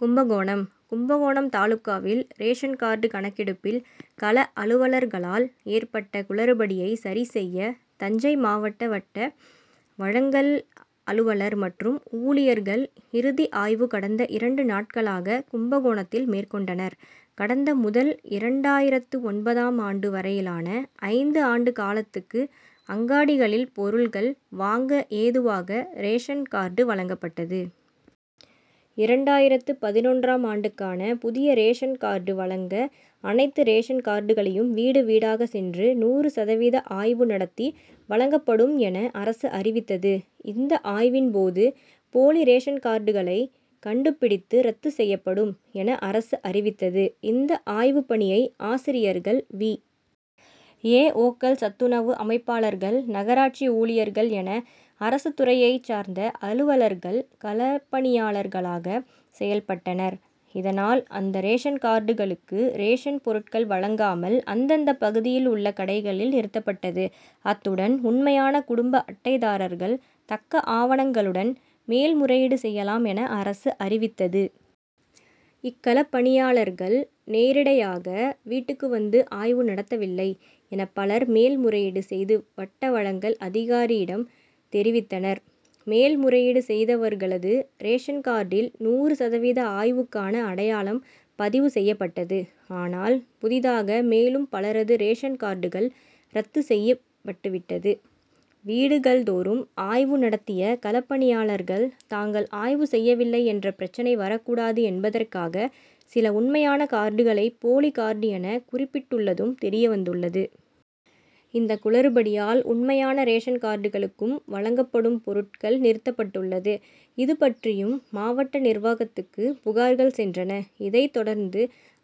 கும்பகோணம் கும்பகோணம் தாலுகாவில் ration card கணக்கெடுப்பில் கள அலுவலர்களால் ஏற்பட்ட குளறுபடியை சரி செய்ய தஞ்சை மாவட்ட வட்ட வழங்கல் அலுவலர் மற்றும் ஊழியர்கள் இறுதி ஆய்வு கடந்த இரண்டு நாட்களாக கும்பகோணத்தில் மேற்கொண்டனர். கடந்த முதல் இரண்டாயிரத்து ஒன்பதாம் ஆண்டு வரையிலான ஐந்து ஆண்டு காலத்துக்கு அங்காடிகளில் பொருள்கள் வாங்க ஏதுவாக ரேஷன் கார்டு வழங்கப்பட்டது. இரண்டாயிரத்து பதினொன்றாம் ஆண்டுக்கான புதிய ரேஷன் கார்டு வழங்க அனைத்து ரேஷன் கார்டுகளையும் வீடு வீடாக சென்று நூறு சதவீத ஆய்வு நடத்தி வழங்கப்படும் என அரசு அறிவித்தது. இந்த ஆய்வின்போது போலி ரேஷன்கார்டுகளை கண்டுபிடித்து ரத்து செய்யப்படும், என அரசு அறிவித்தது. இந்த ஆய்வுப்பணியை ஆசிரியர்கள், வி. ஏ. ஓ.,க்கள், சத்துணவு அமைப்பாளர்கள், நகராட்சி ஊழியர்கள் என அரசுத்துறையைச் சார்ந்த அலுவலர்கள் களப்பணியாளர்களாக செயல்பட்டனர். இதனால், அந்த ரேஷன்கார்டுகளுக்கு ரேஷன் பொருட்கள் வழங்காமல் அந்தந்த பகுதியில் உள்ள கடைகளில் நிறுத்தப்பட்டது. அத்துடன் உண்மையான குடும்ப அட்டைதாரர்கள் தக்க ஆவணங்களுடன் மேல்முறையீடு செய்யலாம் என அரசு அறிவித்தது. இக்களப்பணியாளர்கள் நேரிடையாக வீட்டுக்கு வந்து ஆய்வு நடத்தவில்லை, என பலர் மேல் முறையீடு செய்து வட்ட வழங்கல் அதிகாரியிடம் தெரிவித்தனர். மேல் முறையீடு செய்தவர்களது ரேஷன்கார்டில் நூறு சதவீத ஆய்வுக்கான அடையாளம் பதிவு செய்யப்பட்டது. ஆனால், புதிதாக மேலும் பலரது ரேஷன்கார்டுகள் ரத்து செய்யப்பட்டுவிட்டது. வீடுகள் தோறும் ஆய்வு நடத்திய களப்பணியாளர்கள் தாங்கள் ஆய்வு செய்யவில்லை என்ற பிரச்னை வரக்கூடாது என்பதற்காக சில உண்மையான கார்டுகளை போலி கார்டு என குறிப்பிட்டுள்ளதும் தெரியவந்துள்ளது. இந்த குளறுபடியால் உண்மையான ரேஷன்கார்டுகளுக்கும் வழங்கப்படும் பொருட்கள் நிறுத்தப்பட்டுள்ளது. இதுபற்றியும், மாவட்ட நிர்வாகத்துக்கு புகார்கள் சென்றன. இதை தொடர்ந்து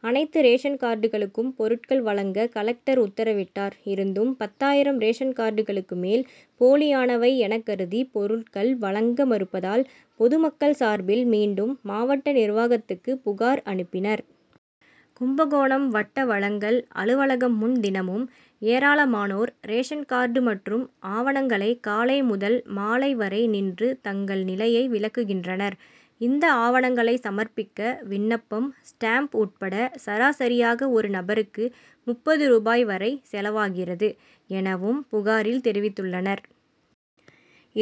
அனைத்து ரேஷன்கார்டுகளுக்கும் பொருட்கள் வழங்க கலெக்டர் உத்தரவிட்டார். இருந்தும், பத்தாயிரம் ரேஷன்கார்டுகளுக்கு மேல் போலியானவை எனக்கருதி பொருள்கள் வழங்க மறுப்பதால் பொதுமக்கள் சார்பில் மீண்டும் மாவட்ட நிர்வாகத்துக்கு புகார் அனுப்பினர். கும்பகோணம் வட்ட வழங்கல் அலுவலகம் முன் தினமும் ஏராளமானோர் ரேஷன்கார்டு மற்றும் ஆவணங்களை காலை முதல் மாலை வரை நின்று தங்கள் நிலையை விளக்குகின்றனர். இந்த ஆவணங்களை சமர்பிக்க விண்ணப்பம், ஸ்டாம்ப் உட்பட சராசரியாக ஒரு நபருக்கு முப்பது ரூபாய் வரை செலவாகிறது, எனவும் புகாரில் தெரிவித்துள்ளனர்.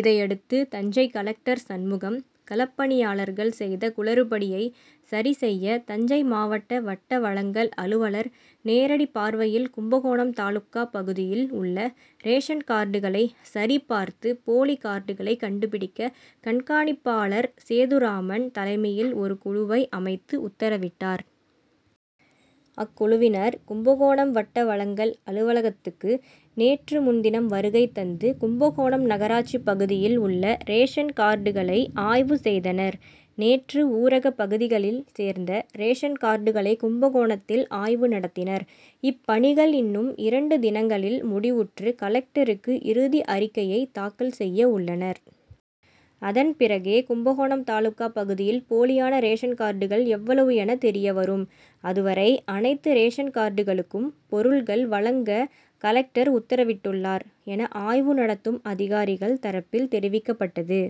இதையடுத்து, தஞ்சை கலெக்டர் சண்முகம், களப்பணியாளர்கள் செய்த குளறுபடியை சரி செய்ய தஞ்சை மாவட்ட வட்ட வழங்கல் அலுவலர் நேரடி பார்வையில் கும்பகோணம் தாலுகா பகுதியில் உள்ள ரேஷன்கார்டுகளை சரி பார்த்து போலி கார்டுகளை கண்டுபிடிக்க கண்காணிப்பாளர் சேதுராமன் தலைமையில் ஒரு குழுவை அமைத்து உத்தரவிட்டார். அக்குழுவினர் கும்பகோணம் வட்ட வழங்கல் அலுவலகத்துக்கு நேற்று முன்தினம் வருகை தந்து கும்பகோணம் நகராட்சி பகுதியில் உள்ள ரேஷன் கார்டுகளை ஆய்வு செய்தனர். நேற்று ஊரக பகுதிகளில் சேர்ந்த ரேஷன்கார்டுகளை கும்பகோணத்தில் ஆய்வு நடத்தினர். இப்பணிகள் இன்னும் இரண்டு தினங்களில் முடிவுற்று கலெக்டருக்கு இறுதி அறிக்கையை தாக்கல் செய்ய உள்ளனர். அதன்பிறகே கும்பகோணம் தாலுகா பகுதியில் போலியான ரேஷன் கார்டுகள் எவ்வளவு என தெரியவரும். அதுவரை அனைத்து ரேஷன்கார்டுகளுக்கும் பொருள்கள் வழங்க கலெக்டர் உத்தரவிட்டுள்ளார், என ஆய்வு நடத்தும் அதிகாரிகள் தரப்பில் தெரிவிக்கப்பட்டது.